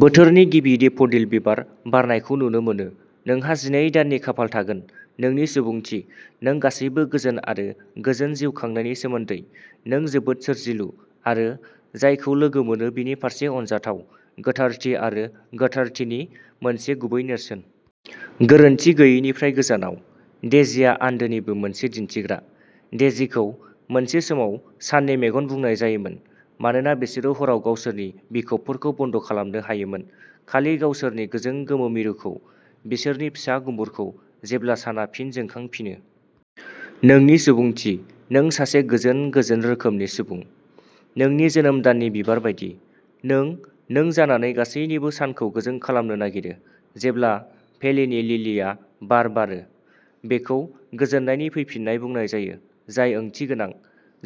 बोथोरनि गिबि डेफ'डिल बिबार बारनायखौ नुनो मोनो, नोंहा जिनै दाननि खाफाल थागोन। नोंनि सुबुंथिः नों गासैबो गोजोन आरो गोजोन जिउ खांनायनि सोमोन्दै। नों जोबोद सोरजिलु, आरो जायखौ लोगो मोनो बिनि फारसे अनजाथाव। गोथारथि आरो गोथारथिनि मोनसे गुबै नेरसोन। गोरोनथि गैयैनिफ्राय गोजानाव, डेजीआ आन्दोनिबो मोनसे दिन्थिग्रा। डेजीखौ मोनसे समाव "साननि मेगन" बुंनाय जायोमोन, मानोना बिसोरो हराव गावसोरनि बिखबफोरखौ बन्द'खालामनो हायोमोन, खालि गावसोरनि गोजों गोमो मिरुखौ, बिसोरनि फिसा गुमुरखौ, जेब्ला साना फिन जोंखांफिनो। नोंनि सुबुंथिः नों सासे गोजोन-गोजोन रोखोमनि सुबुं। नोंनि जोनोम दाननि बिबार बायदि, नों नों जानानै गासैनिबो सानखौ गोजों खालामनो नागिरो। जेब्ला भेलिनि लिलीआ बार बारो, बेखौ गोजोननायनि फैफिन्नाय बुंनाय जायो-जाय ओंथिगोनां,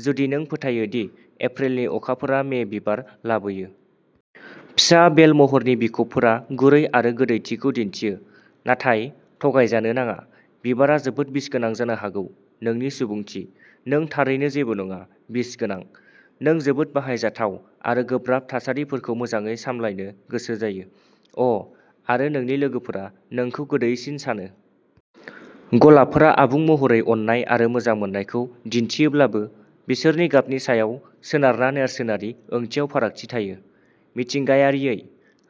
जुदि नों फोथायो दि एप्रिलनि अखाफोरा मे बिबार लाबोयो। फिसा बेल-महरनि बिखबफोरा गुरै आरो गोदैथिखौ दिन्थियो, नाथाय थगायजानो नाङाः बिबारआ जोबोद बिसगोनां जानो हागौ। नोंनि सुबुंथिः नों थारैनो जेबो नङा, बिसगोनां। नों जोबोद बाहायजाथाव आरो गोब्राब थासारिफोरखौ मोजाङै सामलायनो गोसो जायो। अ, आरो नोंनि लोगोफोरा नोंखौ गोदैसिन सानो। गलाबफोरा आबुं महरै अननाय आरो मोजां मोननायखौ दिन्थियोब्लाबो, बिसोरनि गाबनि सायाव सोनारना नेरसोनारि ओंथियाव फारागथि थायो। मिथिंगायारियै,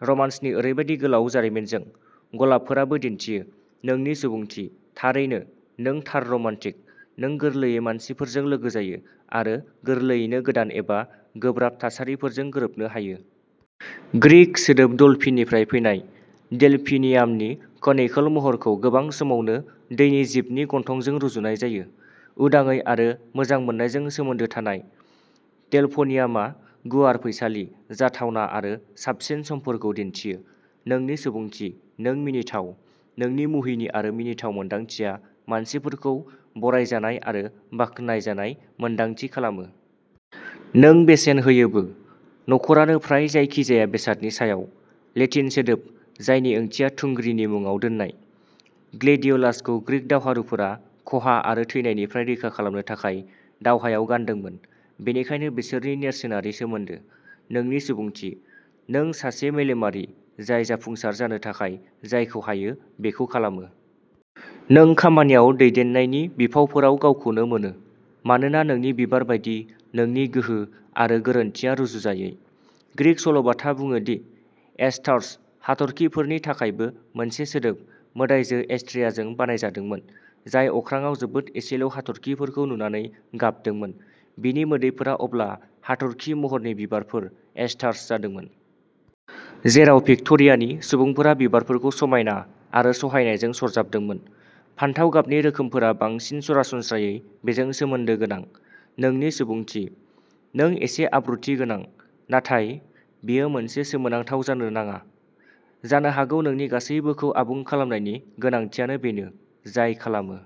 रमान्सनि ओरैबायदि गोलाव जारिमिनजों, गलाबफोराबो दिन्थियो। नोंनि सुबुंथिः थारैनो, नों थार रमान्टिक। नों गोरलैयै मानसिफोरजों लोगो जायो, आरो गोरलैयैनो गोदान एबा गोब्राब थासारिफोरजों गोरोबनो हायो। ग्रीक सोदोब डलफिननिफ्राय फैनाय, डेलफिनियामनि कनिकल महरखौ गोबां समावनो दैनि जिबनि गन्थंजों रुजुनाय जायो। उदाङै आरो मोजां मोननायजों सोमोन्दो थानाय, डेलफिनियामआ गुवार फैसालि, जाथावना आरो साबसिन समफोरखौ दिन्थियो। नोंनि सुबुंथिः नों मिनिथाव। नोंनि मुहिनि आरो मिनिथाव मोन्दांथिया मानसिफोरखौ बरायजानाय आरो बाख्नायजानाय मोन्दांथि खालामो। नों बेसेन होयोबो। नखरानो फ्राय जायखि-जाया बेसादनि सायाव। लेटिन सोदोब जायनि ओंथिया थुंग्रि नि मुङाव दोन्नाय, ग्लेडिय'लासखौ ग्रीक दावहारुफोरा खहा आरो थैनायनिफ्राय रैखा खालामनो थाखाय दावहायाव गानदोंमोन-बेनिखायनो बिसोरनि नेरसोनारि सोमोन्दो। नोंनि सुबुंथिः नों सासे मेलेमारि जाय जाफुंसार जानो थाखाय जायखौ हायो बेखौ खालामो। नों खामानियाव दैदेननायनि बिफावफोराव गावखौनो मोनो, मानोना नोंनि बिबार बायदि, नोंनि गोहो आरो गोरोनथिआ रुजुजायै। ग्रीक सल'बाथा बुङो दि एस्टार्स, हाथरखिफोरनि थाखायबो मोनसे सोदोब, मोदायजो एस्ट्रेयाजों बानायजादोंमोन, जाय अख्राङाव जोबोद एसेल'हाथरखिफोरखौ नुनानै गाबदोंमोन-बिनि मोदैफोरा अब्ला हाथरखि महरनि बिबारफोर, एस्टार्स जादोंमोन। जेराव भिक्ट'रियानि सुबुंफोरा बिबारफोरखौ समायना आरो सहायनायजों सरजाबदोंमोन, फान्थाव गाबनि रोखोमफोरा बांसिन सरासनस्रायै बेजों सोमोन्दो गोनां। नोंनि सुबुंथिः नों एसे आबुंथिगोनां, नाथाय बेयो मोनसे सोमोनांथाव जानो नाङा। जानो हागौ नोंनि गासैबोखौ आबुं खालामनायनि गोनांथियानो बेनो जाय खालामो।